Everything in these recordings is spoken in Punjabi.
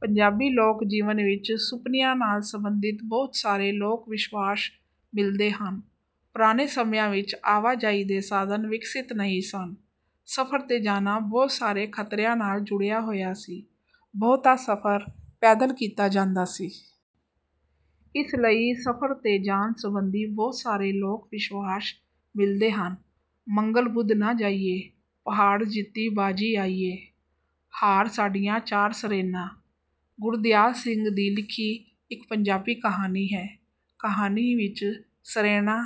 ਪੰਜਾਬੀ ਲੋਕ ਜੀਵਨ ਵਿੱਚ ਸੁਪਨਿਆਂ ਨਾਲ ਸੰਬੰਧਿਤ ਬਹੁਤ ਸਾਰੇ ਲੋਕ ਵਿਸ਼ਵਾਸ ਮਿਲਦੇ ਹਨ। ਪੁਰਾਣੇ ਸਮਿਆਂ ਵਿੱਚ ਆਵਾਜਾਈ ਦੇ ਸਾਧਨ ਵਿਕਸਿਤ ਨਹੀਂ ਸਨ। ਸਫ਼ਰ ਤੇ ਜਾਣਾ ਬਹੁਤ ਸਾਰੇ ਖਤਰਿਆਂ ਨਾਲ ਜੁੜਿਆ ਹੋਇਆ ਸੀ। ਬਹੁਤਾ ਸਫ਼ਰ ਪੈਦਲ ਕੀਤਾ ਜਾਂਦਾ ਸੀ। ਇਸ ਲਈ ਸਫ਼ਰ ਤੇ ਜਾਣ ਸਬੰਧੀ ਬਹੁਤ ਸਾਰੇ ਲੋਕ ਵਿਸ਼ਵਾਸ ਮਿਲਦੇ ਹਨ। ਮੰਗਲ ਬੁੱਧ ਨਾ ਜਾਈਏ, ਪਹਾੜ ਜਿੱਤੀ ਬਾਜ਼ੀ ਆਈਏ, ਹਾਰ ਸਾਡੀਆਂ ਚਾਰ 'ਸਰੈਣਾ' ਗੁਰਦਿਆਲ ਸਿੰਘ ਦੀ ਲਿਖੀ ਇੱਕ ਪੰਜਾਬੀ ਕਹਾਣੀ ਹੈ। ਕਹਾਣੀ ਵਿੱਚ ਸਰੈਣਾ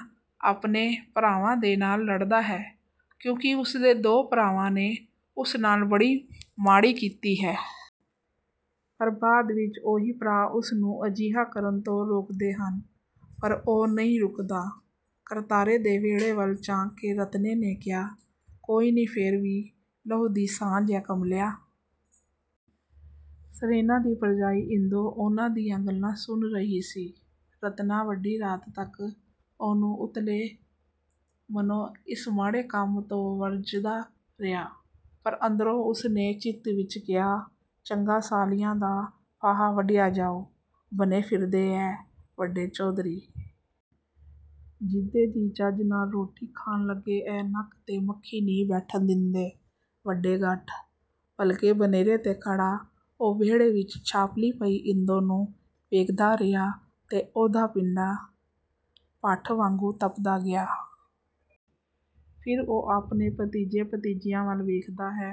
ਆਪਣੇ ਭਰਾਵਾਂ ਦੇ ਨਾਲ ਲੜਦਾ ਹੈ ਕਿਉਂਕਿ ਉਸਦੇ ਦੋ ਭਰਾਵਾਂ ਨੇ ਉਸ ਨਾਲ ਬੜੀ ਮਾੜੀ ਕੀਤੀ ਹੈ। ਪਰ ਬਾਅਦ ਵਿੱਚ ਉਹੀ ਭਰਾ ਉਸਨੂੰ ਅਜਿਹਾ ਕਰਨ ਤੋਂ ਰੋਕਦੇ ਹਨ, ਪਰ ਉਹ ਨਹੀਂ ਰੁਕਦਾ। ਕਰਤਾਰੇ ਦੇ ਵਿਹੜੇ ਵੱਲ ਝਾਕ ਕੇ ਰਤਨੇ ਨੇ ਕਿਹਾ, 'ਕੋਈ ਨ੍ਹੀਂ ਫੇਰ ਵੀ ਲਹੂ ਦੀ ਸਾਂਝ ਐ ਕਮਲਿਆ।' ਸਰੈਣੇ ਦੀ ਭਰਜਾਈ ਇੰਦੋ ਉਹਨਾਂ ਦੀਆਂ ਗੱਲਾਂ ਸੁਣ ਰਹੀ ਸੀ। ਰਤਨਾ ਵੱਡੀ ਰਾਤ ਤੱਕ ਉਹਨੂੰ ਉੱਤਲੇ ਮਨੋਂ ਇਸ ਮਾੜੇ ਕੰਮ ਤੋਂ ਵਰਜਦਾ ਰਿਹਾ, ਪਰ ਅੰਦਰੋਂ ਉਸਨੇ ਚਿੱਤ ਵਿੱਚ ਕਿਹਾ, 'ਚੰਗਾ ਸਾਲਿਆਂ ਦਾ ਫਾਹਾ ਵੱਢਿਆ ਜਾਊ, ਬਣੇ ਫਿਰਦੇ ਐ ਵੱਡੇ ਚੌਧਰੀ! ਜਿੱਦੇ ਦੀ ਚੱਜ ਨਾਲ ਰੋਟੀ ਖਾਣ ਲੱਗੇ ਐ ਨੱਕ ਤੇ ਮੱਖੀ ਨ੍ਹੀਂ ਬੈਠਣ ਦਿੰਦੇ, ਵੱਡੇ ਗੱਠ।' ਪਲ-ਕੁ ਬਨੇਰੇ ਤੇ ਖੜ੍ਹਾ ਉਹ ਵਿਹੜੇ ਵਿੱਚ ਛਾਪਲੀ ਪਈ ਇੰਦੋ ਨੂੰ ਵੇਖਦਾ ਰਿਹਾ ਤੇ ਉਹਦਾ ਪਿੰਡਾ ਭੱਠ ਵਾਂਗੂੰ ਤਪਦਾ ਗਿਆ। ਫਿਰ ਉਹ ਆਪਣੇ ਭਤੀਜੇ-ਭਤੀਜੀਆਂ ਵੱਲ ਵੇਖਦਾ ਹੈ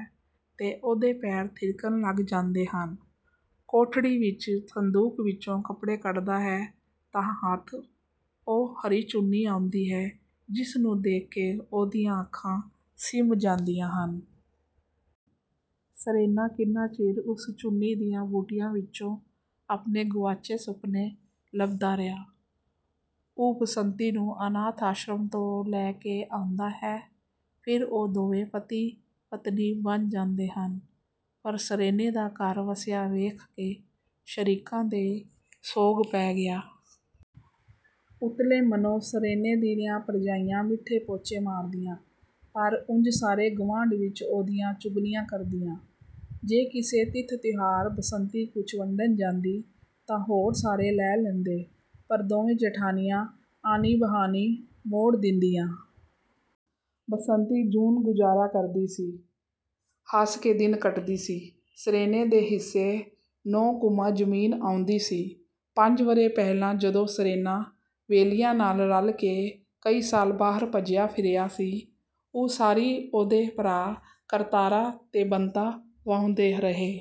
ਤੇ ਉਹਦੇ ਪੈਰ ਥਿਰਕਣ ਲੱਗ ਜਾਂਦੇ ਹਨ। ਕੋਠੜੀ ਵਿੱਚ ਸੰਦੂਕ ਵਿੱਚੋਂ ਕੱਪੜੇ ਕੱਢਦਾ ਹੈ ਤਾਂ ਹੱਥ ਉਹ ਹਰੀ ਚੁੰਨੀ ਆਉਂਦੀ ਹੈ ਜਿਹਨੂੰ ਦੇਖ ਕੇ ਉਹਦੀਆਂ ਅੱਖਾਂ ਸਿਮ ਜਾਂਦੀਆਂ ਹਨ। ਸਰੈਣਾ ਕਿੰਨਾ ਚਿਰ ਉਸ ਚੁੰਨੀ ਦੀਆਂ ਬੂਟੀਆਂ ਵਿੱਚੋਂ ਆਪਣੇ ਗੁਆਚੇ ਸੁਪਨੇ ਲੱਭਦਾ ਰਿਹਾ। ਉਹ ਬਸੰਤੀ ਨੂੰ ਅਨਾਥ ਆਸ਼ਰਮ ਤੋਂ ਲੈ ਕੇ ਆਉਂਦਾ ਹੈ। ਫਿਰ ਉਹ ਦੋਵੇਂ ਪਤੀ-ਪਤਨੀ ਬਣ ਜਾਂਦੇ ਹਨ। ਪਰ ਸਰੈਣੇ ਦਾ ਘਰ ਵੱਸਿਆ ਵੇਖ ਕੇ ਸ਼ਰੀਕਾਂ ਦੇ ਸੋਗ ਪੈ ਗਿਆ। ਉੱਤਲੇ ਮਨੋਂ ਸਰੈਣੇ ਦੀਆਂ ਭਰਜਾਈਆਂ ਮਿੱਠੇ ਪੋਚੇ ਮਾਰਦੀਆਂ, ਪਰ ਉਂਝ ਸਾਰੇ ਗੁਆਂਢ ਵਿੱਚ ਉਹਦੀਆਂ ਚੁਗਲੀਆਂ ਕਰਦੀਆਂ। ਜੇ ਕਿਸੇ ਤਿਥ-ਤਿਉਹਾਰ ਬਸੰਤੀ ਕੁਝ ਵੰਡਣ ਜਾਂਦੀ, ਤਾਂ ਹੋਰ ਸਾਰੇ ਲੈ ਲੈਂਦੇ, ਪਰ ਦੋਵੇਂ ਜਠਾਣੀਆਂ ਆਨੀ-ਬਹਾਨੀ ਮੋੜ ਦਿੰਦੀਆਂ। ਬਸੰਤੀ ਜੂਨ-ਗੁਜ਼ਾਰਾ ਕਰਦੀ ਸੀ, ਹੱਸ ਕੇ ਦਿਨ ਕੱਟਦੀ ਸੀ। ਸਰੈਣੇ ਦੇ ਹਿੱਸੇ ਨੌ ਘੁਮਾਂ ਜ਼ਮੀਨ ਆਉਂਦੀ ਸੀ। ਪੰਜ ਵਰ੍ਹੇ ਪਹਿਲਾਂ ਜਦੋਂ ਸਰੈਣਾ ਵੈਲੀਆਂ ਨਾਲ ਰਲ ਕੇ ਕਈ ਸਾਲ ਬਾਹਰ ਭੱਜਿਆ ਫਿਰਿਆ ਸੀ, ਤਾਂ ਉਹ ਸਾਰੀ ਉਹਦੇ ਭਰਾ ਕਰਤਾਰਾ ਤੇ ਬੰਤਾ ਵਾਹੁੰਦੇ ਰਹੇ।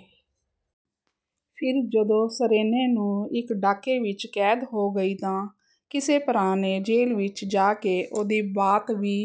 ਫਿਰ ਜਦੋਂ ਸਰੈਣੇ ਨੂੰ ਇੱਕ ਡਾਕੇ ਵਿੱਚ ਕੈਦ ਹੋ ਗਈ ਤਾਂ ਕਿਸੇ ਭਰਾ ਨੇ ਜੇਲ੍ਹ ਵਿੱਚ ਜਾ ਕੇ ਉਹਦੀ ਬਾਤ ਵੀ